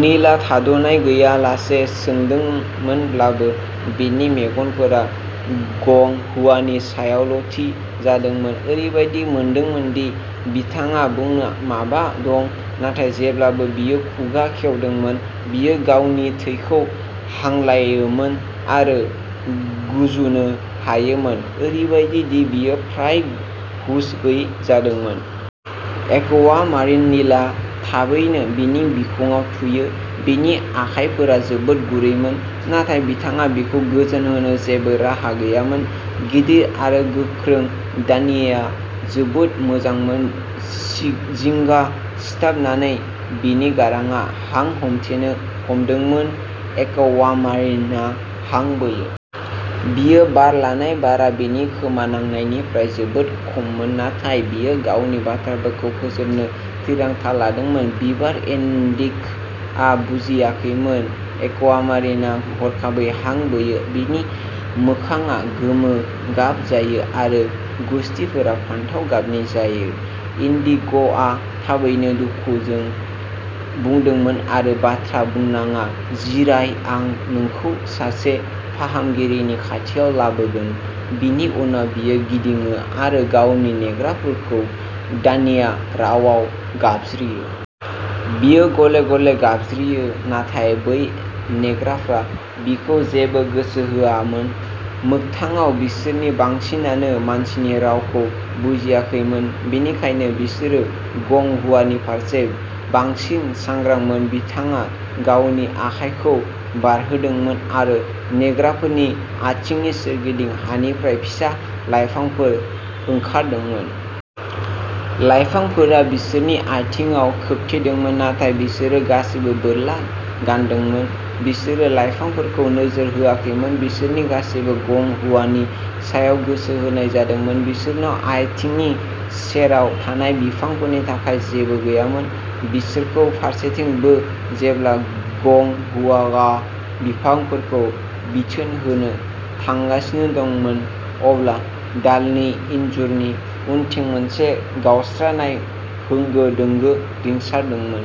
नीलआ थाद'नाय गैयालासे सोंदोंमोनब्लाबो, बिनि मेगनफोरा गं हुआनि सायावल'थि जादोंमोन। ओरैबायदि मोनदोंमोन दि बिथांहा बुंनो माबा दं। नाथाय जेब्लानो बियो खुगा खेवदोंमोन, बियो गावनि थैखौ हांलायोमोन आरो गुजुनो हमोमोन, ओरैबादि दि बियो फ्राय हुस गैयै जादोंमोन। एक्वामारिन नीलआ थाबैनो बिनि बिखुङाव थुयो, बिनि आखाइफोरा जोबोद गुरैमोन। नाथाय बिथाङा बिखौ गोजोन होनो जेबो राहा गैयामोन। गिदिर आरो गोख्रों दान्याआ जोबोद मोजांमोन। जिंगा सिथाबनानै बिनि गारांआ हां हमथेनो हमदोंमोन। एक्वामारिना हां बोयो। बियो बार लानाय बारआ बिनि खोमानांनायनिफ्राय जोबोद खममोन, नाथाय बियो गावनि बाथ्राफोरखौ फोजोबनो थिरांथा लादोंमोन। बिबार, इन्डिग'आ बुजियाखैमोन। एक्वामारिना हरखाबै हां बोयो, बिनि मोखांआ गोमो गाब जायो, आरो गुसथिफोरा फान्थाव गाबनि जायो। इन्डिग'आ थाबैनो दुखुजों बुंदोंमोन, आरो बाथ्रा बुंनाङा, जिराय आं नोंखौ सासे फाहामगिरिनि खाथियाव लाबोगोन बिनि उनाव बियो गिदिङो आरो गावनि नेग्राफोरखौ दान्या रावआव गाबज्रियो। बियो गले-गले गाबज्रियो, नाथाय बै नेग्राफ्रा बिखौ जेबो गोसो होआमोन। मोगथाङाव, बिसोरनि बांसिनानो मानसिनि रावखौ बुजियाखैमोन। बेनिखायनो बिसोरो गं हुआनि फारसे बांसिन सांग्रांमोन। बिथाङा गावनि आखायखौ बारहोदोंमोन, आरो नेग्राफोरनि आथिंनि सोरगिदिं हानिफ्राय फिसा लायफांफोर ओंखारदोंमोन। लायफांफोरा बिसोरनि आथिंआव खोबथेदोंमोन, नाथाय बिसोरो गासैबो बोरला गानदोंमोन, बिसोरो लायफांफोरखौ नोजोर होआखैमोन। बिसोरनि गासैबो। गं हुआनि सायाव गोसो होनाय जादोंमोन, बिसोरनाव आथिंनि सेराव थानाय बिफांफोरनि थाखाय जेबो गैयामोन। बिसोरखौ फारसेथिं बो। जेब्ला गं हुआआ बिफांफोरखौ बिथोन होनो थांगासिनो दंमोन, अब्ला दालनि इनजुरनि उनथिं मोनसे गावस्रानाय होंगो दोंगो रिंसारदोंमोन।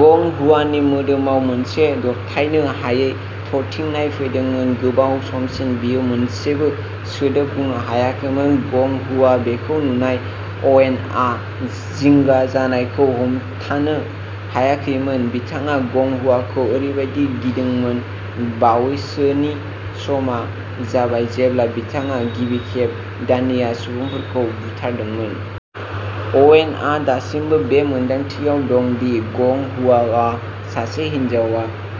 गं हुआनि मोदोमाव मोनसे दबथायनो हायै थरथिंनाय फैदोंमोन। गोबाव समसिम, बियो मोनसेबो सोदोब बुंनो हायाखैमोन। गं हुआ बेखौ नुनानै, अवेनआ जिंगा जानायखौ हमथ'नो हायाखैमोन। बिथाङा गं हुआखौ ओरैबादि गिदोंमोन। बावैसोनि समा जाबाय जेब्ला बिथाङा गिबि खेब दान्या सुबुंफोरखौ बुथारदोंमोन। अवेनआ दासिमबो बे मोनदांथियाव दं दि गं हुआआ सासे हिनजाव।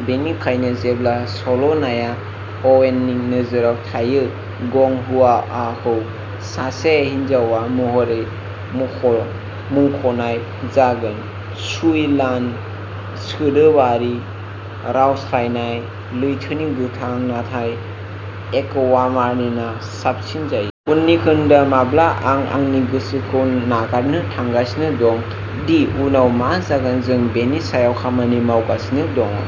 बेनिखायनो जेब्ला सल'नायआ अवेननि नोजोराव थायो, गं हुआखौ सासे हिनजाव महरै मुंख मुंख'नाय जागोन।, शुइ लान। सोदोबारि रावस्लायनाया लैथोनि गोथां, नाथाय एक्वामारिनआ साबसिन जायो। उननि खोन्दोआ माब्ला आं आंनि गोसोखौ नागारनो थांगासिनो दं दि उनाव मा जागोन जों बेनि सायाव खामानि मावगासिनो दं।